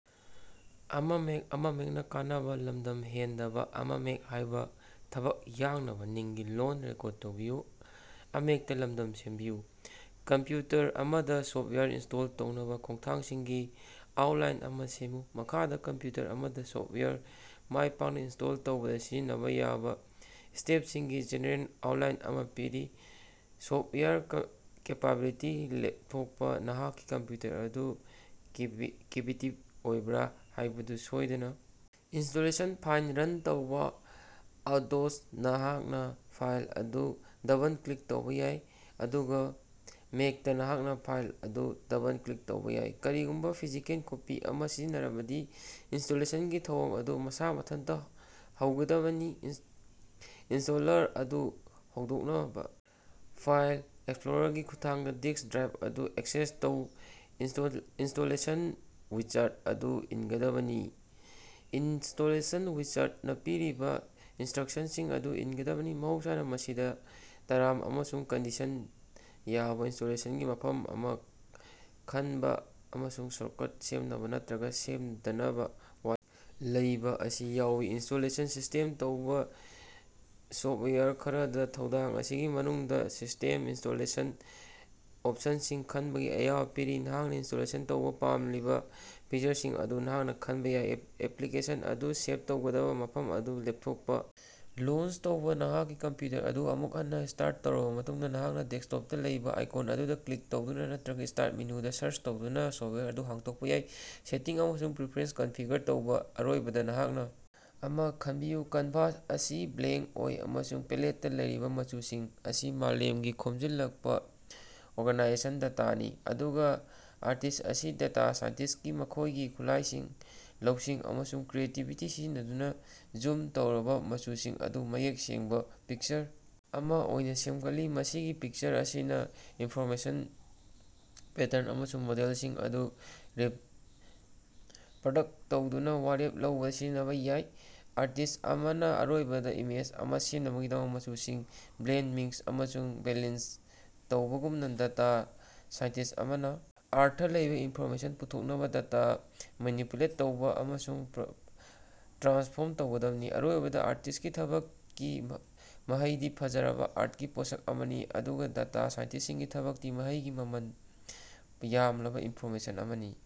Computer ꯑꯃꯗꯥ software install ꯇꯧꯅꯕꯥ ꯈꯣꯡꯊꯥꯡꯁꯤꯡꯒꯤ ꯑꯥꯎꯇꯂꯥꯏꯟ ꯑꯃꯥ ꯁꯦꯝꯃꯨ꯫ ꯃꯈꯥꯗꯥ ꯀꯝꯞꯌꯨꯇꯔ ꯑꯃꯗꯥ ꯁꯣꯐꯇꯋꯥꯌꯔ ꯃꯥꯢꯄꯥꯛꯅꯥ ꯏꯟꯁꯇꯣꯜ ꯇꯧꯕꯗꯥ ꯁꯤꯖꯤꯟꯅꯕꯥ ꯌꯥꯕꯥ ꯁ꯭ꯇꯦꯞꯁꯤꯡꯒꯤ ꯖꯦꯅꯦꯔꯦꯜ ꯑꯥꯎꯇꯂꯥꯏꯟ ꯑꯃꯥ ꯄꯤꯔꯤ: ꯁꯣꯐꯇꯋꯥꯌꯔ ꯀꯦꯄꯥꯕꯤꯂꯤꯇꯤ ꯂꯦꯄꯊꯣꯀꯄꯥ: ꯅꯍꯥꯛꯀꯤ ꯀꯝꯄ꯭ꯌꯨꯇꯔ ꯑꯗꯨ ꯀꯦꯄꯦꯇꯤꯕ ꯑꯣꯏꯕ꯭ꯔꯥ ꯍꯥꯢꯕꯗꯨ ꯁꯣꯢꯗꯅꯥ ꯏꯟꯁꯇꯣꯂꯦꯁꯟ ꯐꯥꯏꯜ ꯔꯟ ꯇꯧꯕꯥ: ꯑꯧꯠꯗꯣꯖꯗꯥ ꯅꯍꯥꯛꯅꯥ ꯐꯥꯏꯜ ꯑꯗꯨ ꯗꯕꯜ-ꯀ꯭ꯂꯤꯛ ꯇꯧꯕꯥ ꯌꯥꯏ ꯑꯗꯨꯒꯥ ꯃꯦꯛꯇꯥ ꯅꯍꯥꯛꯅꯥ ꯐꯥꯏꯜ ꯑꯗꯨ ꯗꯕꯜ-ꯀ꯭ꯂꯤꯛ ꯇꯧꯕꯥ ꯌꯥꯏ꯫ ꯀꯔꯤꯒꯨꯝꯕꯥ ꯐꯤꯖꯤꯀꯦꯜ ꯀꯣꯄꯤ ꯑꯃꯥ ꯁꯤꯖꯤꯟꯅꯔꯕꯗꯤ ꯏꯟꯁꯇꯣꯂꯦꯁꯟꯒꯤ ꯊꯧꯑꯣꯡ ꯑꯗꯨ ꯃꯁꯥ ꯃꯊꯟꯇꯥ ꯍꯧꯒꯗꯕꯅꯤ꯫ ꯏꯅꯁ꯭ꯇꯣꯂꯔ ꯑꯗꯨ ꯍꯧꯗꯣꯛꯅꯕꯥ ꯐꯥꯏꯜ ꯑꯦꯛꯁꯄ꯭ꯂꯣꯔꯥꯔꯒꯤ ꯈꯨꯠꯊꯥꯡꯗꯥ ꯗꯤꯛꯁ/ꯗ꯭ꯔꯥꯏꯚ ꯑꯗꯨ ꯑꯦꯛꯁꯦꯁ ꯇꯧ꯫ ꯏꯟꯁꯇꯣꯂꯦꯁꯟ ꯋꯤꯖꯥꯔꯗ ꯑꯗꯨ ꯏꯟꯒꯗꯕꯅꯤ ꯏꯅꯟꯁꯇꯣꯂꯦꯁꯟ ꯋꯤꯖꯥꯔꯗꯅꯥ ꯄꯤꯔꯤꯕꯥ ꯏꯟꯁꯇ꯭ꯔꯛꯁꯟꯁꯤꯡ ꯑꯗꯨ ꯏꯟꯒꯗꯕꯅꯤ꯫ ꯃꯍꯧꯁꯥꯅꯥ ꯃꯁꯤꯗꯥ ꯇꯔꯝ ꯑꯃꯁꯨꯡ ꯀꯟꯗꯤꯁꯟꯁꯤꯡ ꯌꯥꯕꯥ ꯏꯅꯟꯁꯇꯣꯂꯦꯁꯟꯒꯤ ꯃꯐꯝ ꯑꯃꯥ ꯈꯟꯕꯥ ꯑꯃꯁꯨꯡ ꯁꯣꯔꯇꯀꯠ ꯁꯦꯝꯅꯕꯥ ꯅꯠꯇ꯭ꯔꯒꯥ ꯁꯦꯝꯗꯅꯕꯥ ꯋꯥꯔꯦꯞ ꯂꯧꯕꯥ ꯑꯁꯤ ꯌꯥꯎꯏ꯫ ꯏꯟꯁꯇꯣꯂꯦꯁꯟ ꯀꯁ꯭ꯇꯝ ꯇꯧꯕꯥ ꯁꯣꯐꯇꯋꯦꯔ ꯈꯔꯅꯥ ꯊꯧꯑꯣꯡ ꯑꯁꯤꯒꯤ ꯃꯅꯨꯡꯗꯥ ꯀꯁ꯭ꯇꯝ ꯏꯟꯁꯇꯣꯂꯦꯁꯟ ꯑꯣꯄꯁꯟꯁꯤꯡ ꯈꯟꯕꯒꯤ ꯑꯌꯥꯕꯥ ꯄꯤꯔꯤ꯫ ꯅꯍꯥꯛꯅꯥ ꯏꯟꯁꯇꯣꯜ ꯇꯧꯕꯥ ꯄꯥꯝꯂꯤꯕꯥ ꯐꯤꯆꯔꯁꯤꯡ ꯑꯗꯨ ꯅꯍꯥꯛꯅꯥ ꯈꯟꯕꯥ ꯌꯥꯏ ꯑꯦꯄ꯭ꯂꯤꯀꯦꯁꯟ ꯑꯗꯨ ꯁꯦꯚ ꯇꯧꯒꯗꯕꯥ ꯃꯐꯝ ꯑꯗꯨ ꯂꯦꯞꯊꯣꯛꯄꯥ ꯂꯣꯟꯆ ꯇꯧꯕꯥ: ꯅꯍꯥꯛꯀꯤ ꯀꯝꯄ꯭ꯌꯨꯇꯔ ꯑꯗꯨ ꯑꯃꯨꯛ ꯍꯟꯅꯥ ꯁ꯭ꯇꯥꯔꯠ ꯇꯧꯔꯕꯥ ꯃꯇꯨꯡꯗꯥ ꯅꯍꯥꯛꯅꯥ ꯗꯦꯛꯁꯇꯣꯞꯇꯥ ꯂꯩꯕꯥ ꯑꯥꯏꯀꯟ ꯑꯗꯨꯗꯥ ꯀ꯭ꯂꯤꯛ ꯇꯧꯗꯨꯅꯥ ꯅꯠꯇ꯭ꯔꯒꯥ ꯁ꯭ꯇꯥꯔꯠ ꯃꯦꯅꯨꯗꯥ ꯁꯥꯔꯆ ꯇꯧꯗꯨꯅꯥ ꯁꯣꯐꯇꯋꯥꯌꯔ ꯑꯗꯨ ꯍꯧꯗꯣꯛꯄꯥ ꯌꯥꯏ꯫ ꯁꯦꯇꯤꯡ ꯑꯃꯁꯨꯡ ꯄꯔꯐꯦꯔꯦꯟꯁ ꯀꯟꯐꯤꯒꯔ ꯇꯧꯕ ꯑꯔꯣꯏꯕꯗꯥ ꯅꯍꯥꯛꯅꯥ ꯑꯃꯥ ꯈꯟꯕꯤꯌꯨ꯫ ꯀꯦꯟꯚꯥꯁ ꯑꯁꯤ ꯕ꯭ꯂꯦꯡꯀ ꯑꯣꯢ ꯑꯃꯁꯨꯡ ꯄꯦꯂꯦꯠꯇꯥ ꯂꯩꯔꯤꯕꯥ ꯃꯆꯨꯁꯤꯡ ꯑꯁꯤ ꯃꯥꯂꯦꯝꯗꯒꯤ ꯈꯣꯃꯖꯤꯜꯂꯛꯄꯥ ꯑꯣꯔꯒꯅꯥꯏꯖ ꯗꯥꯇꯥꯅꯤ꯫ ꯑꯗꯨꯒꯥ ꯑꯥꯔꯇꯤꯁ꯭ꯠ ꯑꯁꯤ ꯗꯦꯇꯥ ꯁꯥꯏꯟꯇꯤꯁ꯭ꯇꯅꯤ, ꯃꯈꯣꯢꯒꯤ ꯈꯨꯠꯂꯥꯢꯁꯤꯡ ꯂꯧꯁꯤꯡ ꯑꯃꯁꯨꯡ ꯀ꯭ꯔꯤꯌꯦꯇꯤꯕꯤꯇꯤ ꯁꯤꯖꯤꯟꯅꯗꯨꯅꯥ ꯖꯨꯝ ꯇꯧꯔꯕꯥ ꯃꯆꯨꯁꯤꯡ ꯑꯗꯨ ꯃꯌꯦꯛ ꯁꯦꯡꯕꯥ ꯄꯤꯀꯆꯔ ꯑꯃꯥ ꯑꯣꯏꯅꯥ ꯁꯦꯃꯒꯠꯂꯤ꯫ ꯃꯁꯤꯒꯤ ꯄꯤꯛꯆꯔ ꯑꯁꯤꯅꯥ ꯏꯟꯐꯣꯔꯃꯦꯁꯟ, ꯄꯦꯇꯔꯟ ꯑꯃꯁꯨꯡ ꯃꯣꯗꯦꯂꯁꯤꯡ ꯑꯗꯨ ꯔꯤꯞꯔꯗꯛꯇ ꯇꯧꯗꯨꯅꯥ ꯋꯥꯔꯦꯞ ꯂꯧꯕꯗꯥ ꯁꯤꯖꯤꯟꯅꯕꯥ ꯌꯥꯏ꯫ ꯑꯥꯔꯇꯤꯁ ꯑꯃꯅꯥ ꯑꯔꯣꯏꯕꯥ ꯏꯃꯦꯖ ꯑꯃꯥ ꯁꯦꯝꯅꯕꯒꯤꯗꯃꯛ ꯃꯆꯨꯁꯤꯡ ꯕ꯭ꯂꯦꯟꯗ, ꯃꯤꯛꯁ ꯑꯃꯁꯨꯡ ꯕꯦꯂꯦꯟꯁ ꯇꯧꯕꯒꯨꯝꯅꯥ, ꯗꯦꯇꯥ ꯁꯥꯏꯟꯇꯤꯁ꯭ꯠ ꯑꯃꯅꯥ ꯑꯔꯊ ꯂꯩꯕꯥ ꯏꯟꯐꯣꯔꯃꯦꯁꯟ ꯄꯨꯊꯣꯛꯅꯕꯥ ꯗꯦꯇꯥ ꯃꯦꯅꯤꯄꯨꯂꯦꯠ ꯇꯧꯕꯥ ꯑꯃꯁꯨꯡ ꯇ꯭ꯔꯥꯟꯁꯐꯣꯔꯝ ꯇꯧꯒꯗꯕꯅꯤ꯫ ꯑꯔꯣꯏꯕꯗꯥ ꯑꯥꯔꯇꯤꯁ ꯀꯤ ꯊꯕꯛꯀꯤ ꯃꯍꯩꯗꯤ ꯐꯖꯔꯕꯥ ꯑꯥꯔꯇꯀꯤ ꯄꯣꯠꯁꯛ ꯑꯃꯅꯤ ꯑꯗꯨꯒꯥ ꯗꯦꯇꯥ ꯁꯥꯏꯟꯇꯤꯁꯀꯤ ꯊꯕꯛꯀꯤ ꯃꯍꯩꯗꯤ ꯃꯃꯜ ꯌꯥꯝꯂꯕꯥ ꯏꯟꯐꯣꯔꯃꯦꯁꯟ ꯑꯃꯅꯤ꯫